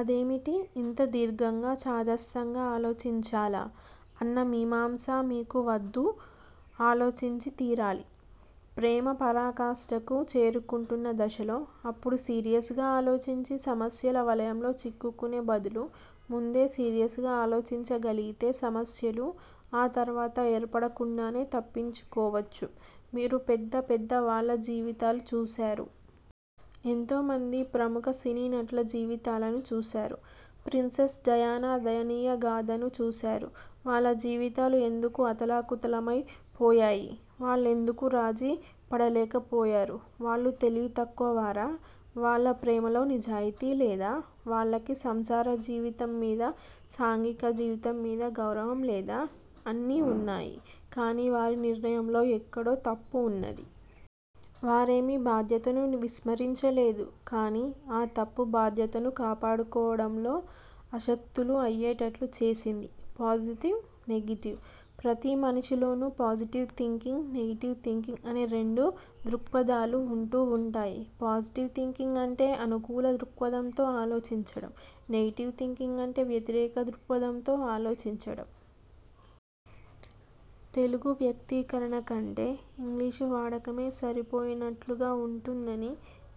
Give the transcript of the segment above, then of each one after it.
ఇదేమిటి ఇంత దీర్ఘంగా, చాదస్తంగా ఆలోచించాలా అన్న మీమాంస మీకు వద్దు ఆలోచించితీరాలి! ప్రేమ పరాకాష్ఠకు చేరుకుంటున్న దశలో, అప్పుడు సీరియస్ గా ఆలోచించి సమస్యల వలయంలో చిక్కుకునే బదులు ముందే సీరియస్ గా ఆలోచించగలిగితే సమస్యలు ఆ తర్వాత ఏర్పడకుండానే తప్పించుకోవచ్చు. మీరు పెద్ద పెద్ద వాళ్ళ జీవితాలు చూశారు. ఎంతోమంది ప్రముఖ సినీనటుల జీవితాలను చూశారు. ప్రిన్సెస్ డయానా దయనీయగాథను చూశారు. వాళ్ళ జీవితాలు ఎందుకు అతలాకుతలమైపోయాయి? వాళ్ళెందుకు రాజీపడలేకపోయారు? వాళ్ళు తెలివితక్కువ వారా? వాళ్ళ ప్రేమలో నిజాయితీ లేదా? వాళ్ళకి సంసార జీవితమ్మీదా, సాంఘిక జీవితంమీదా గౌరవం లేదా? అన్నీ వున్నాయి. కాని వారి నిర్ణయంలో ఎక్కడో తప్పు వున్నది. వారేమీ బాధ్యతను విస్మరించలేదు. కాని ఆ తప్పు బాధ్యతను కాపాడుకోవటంలో అశక్తులు అయ్యేటట్లు చేసింది. పాజిటివ్, నెగెటివ్ ప్రతిమనిషిలోనూ పాజిటివ్ థింకింగ్, నెగెటివ్ థింకింగ్ అనే రెండు దృక్పథాలు వుంటూ వుంటాయి. పాజిటివ్ థింకింగ్ అంటే అనుకూల దృక్పథంతో ఆలోచించటం. నెగెటివ్ థింకింగ్ అంటే వ్యతిరేక దృక్పథంతో ఆలోచించటం. తెలుగు వ్యక్తీకరణ కంటే ఇంగ్లీషు వాడకమే సరిపోయినట్లుగా వుంటుందని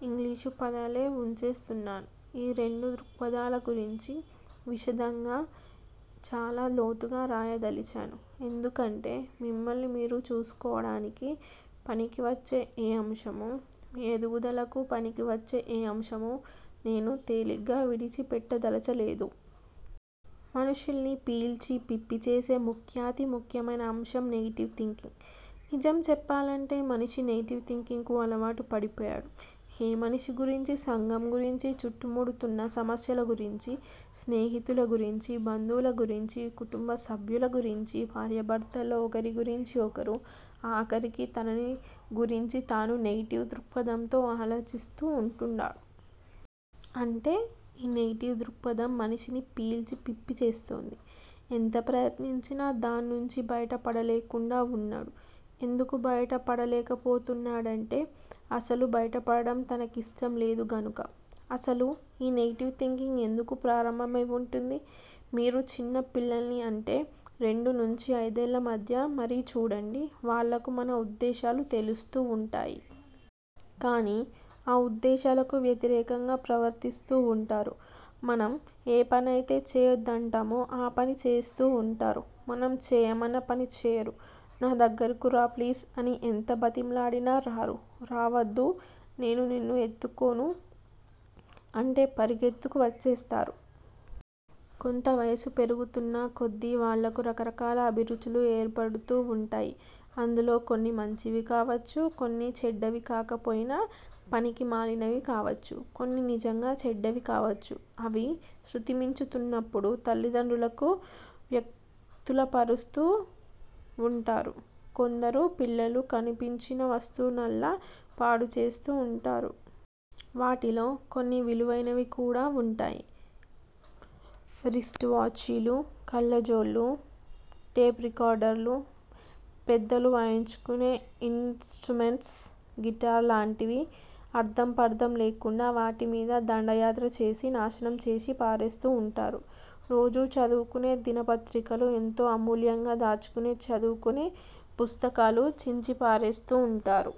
ఇంగ్లీషు పదాలే వుంచేస్తున్నాను. ఈ రెండు దృక్పథాలు గురించీ విశదంగా, చాలా లోతుగా రాయదలిచాను. ఎందుకంటే మిమ్మల్ని మీరు చూసుకోవటానికి పనికివచ్చే ఏ అంశమూ, మీ ఎదుగుదలకు పనికివచ్చే ఏ అంశమూ నేను తేలిగ్గా విడిచిపెట్టదలచలేదు. మనుషుల్ని పీల్చి పిప్పి చేసే ముఖ్యాతి ముఖ్యమైన అంశం నెగెటివ్ థింకింగ్. నిజం చెప్పాలంటే మనిషి నెగెటివ్ థింకింగ్ కు అలవాటు పడిపోయాడు. ఏ మనిషి గురించీ సంఘం గురించీ చుట్టుముడుతున్న సమస్యలగురించీ, స్నేహితుల గురించీ, బంధువుల గురించీ, కుటుంబసభ్యుల గురించీ, భార్యాభర్తల్లో ఒకరి గురించి ఒకరూ, ఆఖరికి తనని గురించి తానూ నెగెటివ్ దృక్పథంతో ఆలోచిస్తూ వుంటాడు. అంటే ఈ నెగెటివ్ దృక్పథం మనిషిని పీల్చి పిప్పి చేస్తోంది. ఎంత ప్రయత్నించినా దాన్నుంచి బయట పడలేకుండా వున్నాడు. ఎందుకు బయట పడలేకపోతున్నాడంటే-అసలు బయటపడటం తనకిష్టంలేదు గనుక. అసలు ఈ నెగెటివ్ థింకింగ్ ఎందుకు ప్రారంభమై వుంటుంది? మీరు చిన్నపిల్లల్ని అంటే రెండునుంచి అయిదేళ్ళ మధ్య మరీ చూడండి వాళ్ళకి మన ఉద్దేశాలు తెలుస్తూ వుంటాయి. కాని ఆ ఉద్దేశాలకు వ్యతిరేకంగా ప్రవర్తిస్తూ వుంటారు. మనం ఏ పనైతే చేయొద్దంటామో ఆ పని చేస్తూ వుంటారు. మనం చేయమన్న పని చేయరు. నా దగ్గరకు రా, ప్లీజ్! అని ఎంత బతిమిలాడినా రారు. రావద్దు, నేను నిన్ను ఎత్తుకోనుగా? అంటే పరిగెత్తుకు వచ్చేస్తారు. కొంత వయసు పెరుగుతున్నకొద్దీ వాళ్ళకు రకరకాల అభిరుచులు ఏర్పడుతూ వుంటాయి. అందులో కొన్ని మంచివి కావచ్చు. కొన్ని చెడ్డవి కాకపోయినా పనికి మాలినవి కావచ్చు. కొన్ని నిజంగా చెడ్డవి కావచ్చు. అవి శ్రుతిమించుతున్నప్పుడు తల్లిదండ్రులను వ్యాకులపరుస్తూ వుంటారు. కొందరు పిల్లలు కనిపించిన వస్తువునల్లా పాడుచేస్తూ వుంటారు. వాటిలో కొన్ని విలువైనవి కూడా వుంటాయి. రిస్ట్ వాచీలు, కళ్ళజోళ్ళు, టేప్ రికార్డర్ లు, పెద్దలు వాయించుకునే ఇన్ స్ట్రుమెంట్స్, గిటార్ లాంటివి అర్ధంపర్ధం లేకుండా వాటిమీద దండయాత్ర చేసి నాశనం చేసి పారేస్తూ ఉంటారు. రోజూ చదువుకునే దినపత్రికలూ, ఎంతో అమూల్యంగా దాచుకుని చదువుకునే పుస్తకాలూ చించిపారేస్తూ వుంటారు.